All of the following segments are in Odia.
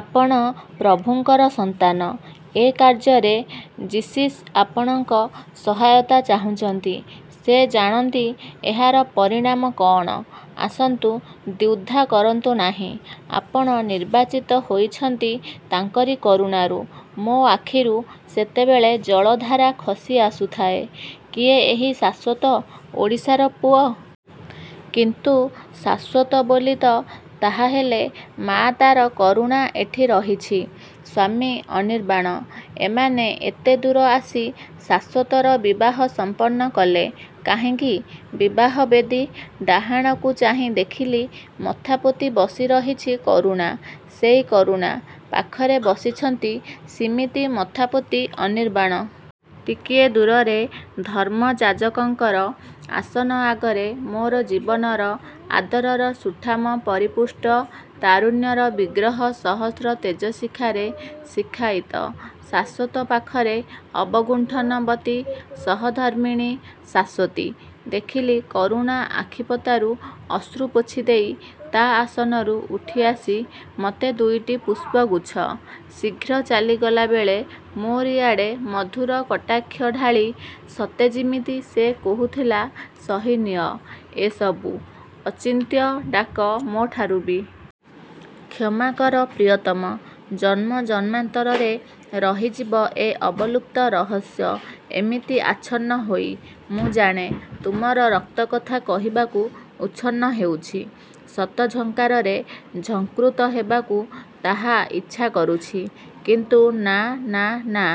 ଆପଣ ପ୍ରଭୁଙ୍କର ସନ୍ତାନ। ଏ କାର୍ଯ୍ୟରେ ଯିସସ୍ ଆପଣଙ୍କ ସହାୟତା ଚାହୁଁଛନ୍ତି। ସେ ଜାଣନ୍ତି ଏହାର ପରିଣାମ କଅଣ। ଆସନ୍ତୁ, ଦ୍ୱିଧା କରନ୍ତୁ ନାହିଁ। ଆପଣ ନିର୍ବାଚିତ ହୋଇଛନ୍ତି ତାଙ୍କରି କରୁଣାରୁ-। ମୋ ଆଖିରୁ ସେତେବେଳେ ଜଳଧାରା ଖସିଆସୁଥାଏ। କିଏ ଏହି ଶାଶ୍ୱତ? ଓଡ଼ିଶାର ପୁଅ? କିନ୍ତୁ ଶାଶ୍ୱତ ବୋଲି ତ... ତାହାହେଲେ ମାଆ ତାର କରୁଣା ଏଠି ରହିଛି, ସ୍ୱାମୀ ଅନିର୍ବାଣ। ଏମାନେ ଏତେଦୂର ଆସି ଶାଶ୍ୱତର ବିବାହ ସଂପନ୍ନକଲେ? କାହିଁକି? ବିବାହ ବେଦି। ଡାହାଣକୁ ଚାହିଁ ଦେଖିଲି ମଥା ପୋତି ବସିରହିଛି କରୁଣା... ସେଇ କରୁଣା। ପାଖରେ ବସିଛନ୍ତି ସିମିତି ମଥା ପୋତି ଅନିର୍ବାଣ। ଟିକିଏ ଦୂରରେ ଧର୍ମଯାଜକଙ୍କର ଆସନ ଆଗରେ ମୋର ଜୀବନର, ଆଦରର ସୁଠାମ ପରିପୁଷ୍ଟ ତାରୁଣ୍ୟର ବିଗ୍ରହ ସହସ୍ର ତେଜ ଶିଖାରେ ଶିଖାୟିତ ଶାଶ୍ୱତ-ପାଖରେ ଅବଗୁଣ୍ଠନବତୀ ସହଧର୍ମିଣୀ ଶାଶ୍ୱତୀ। ଦେଖିଲି କରୁଣା ଆଖିପତାରୁ ଅଶ୍ରୁ ପୋଛିଦେଇ ତା ଆସନରୁ ଉଠିଆସି ମତେ ଦୁଇଟି ପୁଷ୍ପଗୁଚ୍ଛ। ଶୀଘ୍ର ଚାଲିଗଲାବେଳେ ମୋରି ଆଡ଼େ ମଧୁର କଟାକ୍ଷ ଢାଳି ସତେ ଯିମିତି ସେ କହୁଥିଲା, "ସହିନିଅ ଏ ସବୁ "ଅଚିନ୍ତ୍ୟ" ଡାକ, ମୋଠାରୁ ବି। କ୍ଷମାକର ପ୍ରିୟତମ, ଜନ୍ମଜନ୍ମାନ୍ତରରେ ରହିଯିବ ଏ ଅବଲୁପ୍ତ ରହସ୍ୟ ଏମିତି ଆଚ୍ଛନ୍ନ ହୋଇ। ମୁଁ ଜାଣେ, ତୁମର ରକ୍ତ କଥା କହିବାକୁ ଉଚ୍ଛନ୍ନ ହେଉଛି। ଶତ ଝଙ୍କାରରେ ଝଙ୍କୃତ ହେବାକୁ ତାହା ଇଚ୍ଛା କରୁଛି; କିନ୍ତୁ ନା-ନା-ନା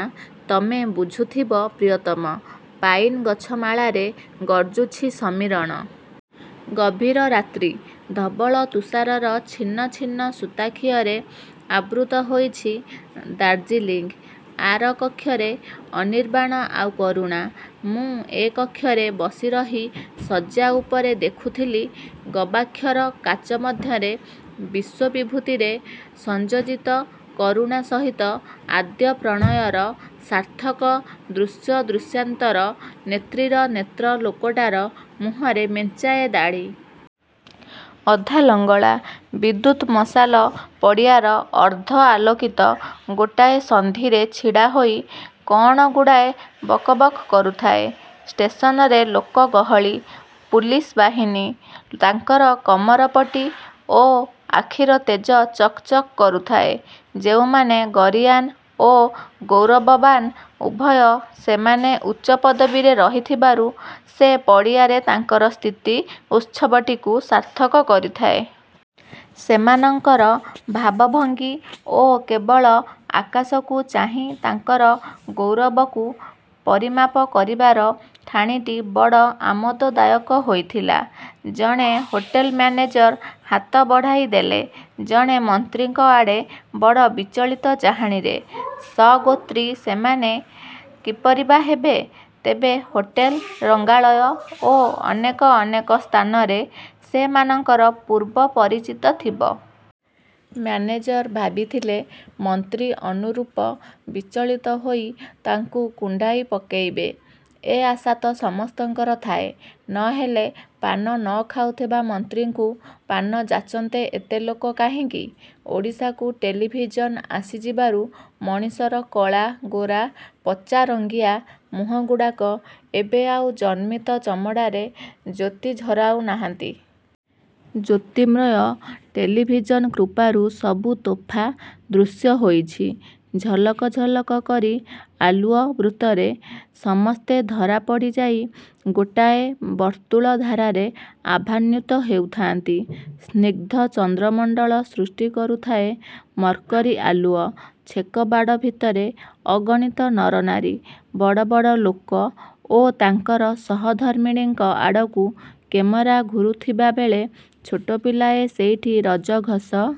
ତମେ ବୁଝୁଥିବ ପ୍ରିୟତମ! " ପାଇନ୍ ଗଛମାଳାରେ ଗର୍ଜୁଛି ସମୀରଣ। ଗଭୀର ରାତ୍ରି। ଧବଳ ତୁଷାରର ଛିନ୍ନ ଛିନ୍ନ ସୂତାଖିଅରେ ଆବୃତ ହୋଇଛି ଦାର୍ଜିଲିଙ୍ଗ୍। ଆର କକ୍ଷରେ ଅନିର୍ବାଣ ଆଉ କରୁଣା। ମୁଁ ଏ କକ୍ଷରେ ବସିରହି ଶଯ୍ୟା ଉପରେ ଦେଖୁଥିଲି ଗବାକ୍ଷର କାଚମଧ୍ୟରେ ବିଶ୍ୱବିଭୂତିରେ ସଂଯୋଜିତ କରୁଣା ସହିତ ଆଦ୍ୟ ପ୍ରଣୟର ସାର୍ଥକ ଦୃଶ୍ୟଦୃଶ୍ୟାନ୍ତର। ନେତ୍ରୀର ନେତ୍ର ଲୋକଟାର ମୁହଁରେ ମେଞ୍ଚାଏ ଦାଢ଼ି। ଅଧାଲଙ୍ଗଳା। ବିଦ୍ୟୁତ୍ ମଶାଲ ପଡ଼ିଆର ଅର୍ଦ୍ଧ ଆଲୋକିତ ଗୋଟାଏ ସନ୍ଧିରେ ଛିଡ଼ାହୋଇ କଅଣ ଗୁଡ଼ାଏ ବକବକ୍ କରୁଥାଏ। ଷ୍ଟେସନରେ ଲୋକ ଗହଳି। ପୁଲିସ ବାହିନୀ। ତାଙ୍କର କମରପଟି ଓ ଆଖିର ତେଜ ଚକ୍ ଚକ୍ କରୁଥାଏ। ଯେଉଁମାନେ ଗରୀୟାନ୍ ଓ ଗୌରବବାନ୍, ଉଭୟ, ସେମାନେ ଉଚ୍ଚ ପଦବୀରେ ରହିଥିବାରୁ ସେ ପଡ଼ିଆରେ ତାଙ୍କର ସ୍ଥିତି ଉତ୍ସବଟିକୁ ସାର୍ଥକ କରିଥାଏ। ସେମାନଙ୍କର ଭାବଭଙ୍ଗୀ ଓ କେବଳ ଆକାଶକୁ ଚାହିଁ ତାଙ୍କର ଗୌରବକୁ ପରିମାପ କରିବାର ଠାଣିଟି ବଡ଼ ଆମୋଦଦାୟକ ହୋଇଥିଲା। ଜଣେ ହୋଟେଲ ମ୍ୟାନେଜର ହାତ ବଢ଼ାଇଦେଲେ ଜଣେ ମନ୍ତ୍ରୀଙ୍କ ଆଡ଼େ ବଡ଼ ବିଚଳିତ ଚାହାଣିରେ। ସଗୋତ୍ରୀ ସେମାନେ କିପରି ବା ହେବେ? ତେବେ ହୋଟେଲ, ରଙ୍ଗାଳୟ ଓ ଅନେକ ଅନେକ ସ୍ଥାନରେ ସେମାନଙ୍କର ପୂର୍ବ ପରିଚିତ ଥିବ। ମ୍ୟାନେଜର ଭାବିଥିଲେ ମନ୍ତ୍ରୀ ଅନୁରୂପ ବିଚଳିତହୋଇ ତାଙ୍କୁ କୁଣ୍ଢାଇ ପକେଇବେ–ଏ ଆଶା ତ ସମସ୍ତଙ୍କର ଥାଏ, ନହେଲେ ପାନ ନଖାଉଥିବା ମନ୍ତ୍ରୀଙ୍କୁ ପାନ ଯାଚନ୍ତେ ଏତେ ଲୋକ କାହିଁକି? ଓଡ଼ିଶାକୁ ଟେଲିଭିଜନ ଆସିଯିବାରୁ ମଣିଷର କଳା, ଗୋରା, ପଚାରଙ୍ଗିଆ ମୁହଁଗୁଡ଼ାକ ଏବେ ଆଉ ଜନ୍ମିତ ଚମଡ଼ାରେ ଜ୍ୟେତି ଝରାଉନାହାନ୍ତି। ଜ୍ୟୋତିର୍ମୟ ଟେଲିଭିଜନ କୃପାରୁ ସବୁ ତୋଫା ଦୃଶ୍ୟ ହୋଇଛି। ଝଲକ ଝଲକ କରି ଆଲୁଅ ବୃତ୍ତରେ ସମସ୍ତେ ଧରାପଡ଼ିଯାଇ ଗୋଟାଏ ବର୍ତ୍ତୁଳଧାରାରେ ଆଭାନ୍ୱିତ ହେଉଥାନ୍ତି। ସ୍ନିଗ୍ଧ ଚନ୍ଦ୍ରମଣ୍ଡଳ ସୃଷ୍ଟି କରୁଥାଏ ମର୍କରୀ ଆଲୁଅ। ଛେକବାଡ଼ ଭିତରେ ଅଗଣିତ ନରନାରୀ। ବଡ଼ ବଡ଼ ଲୋକ ଓ ତାଙ୍କର ସହଧର୍ମିଣୀଙ୍କ ଆଡ଼କୁ କ୍ୟାମେରା ଘୂରୁଥିବାବେଳେ ଛୋଟ ପିଲାଏ ସେଇଠି ରଜଘଷ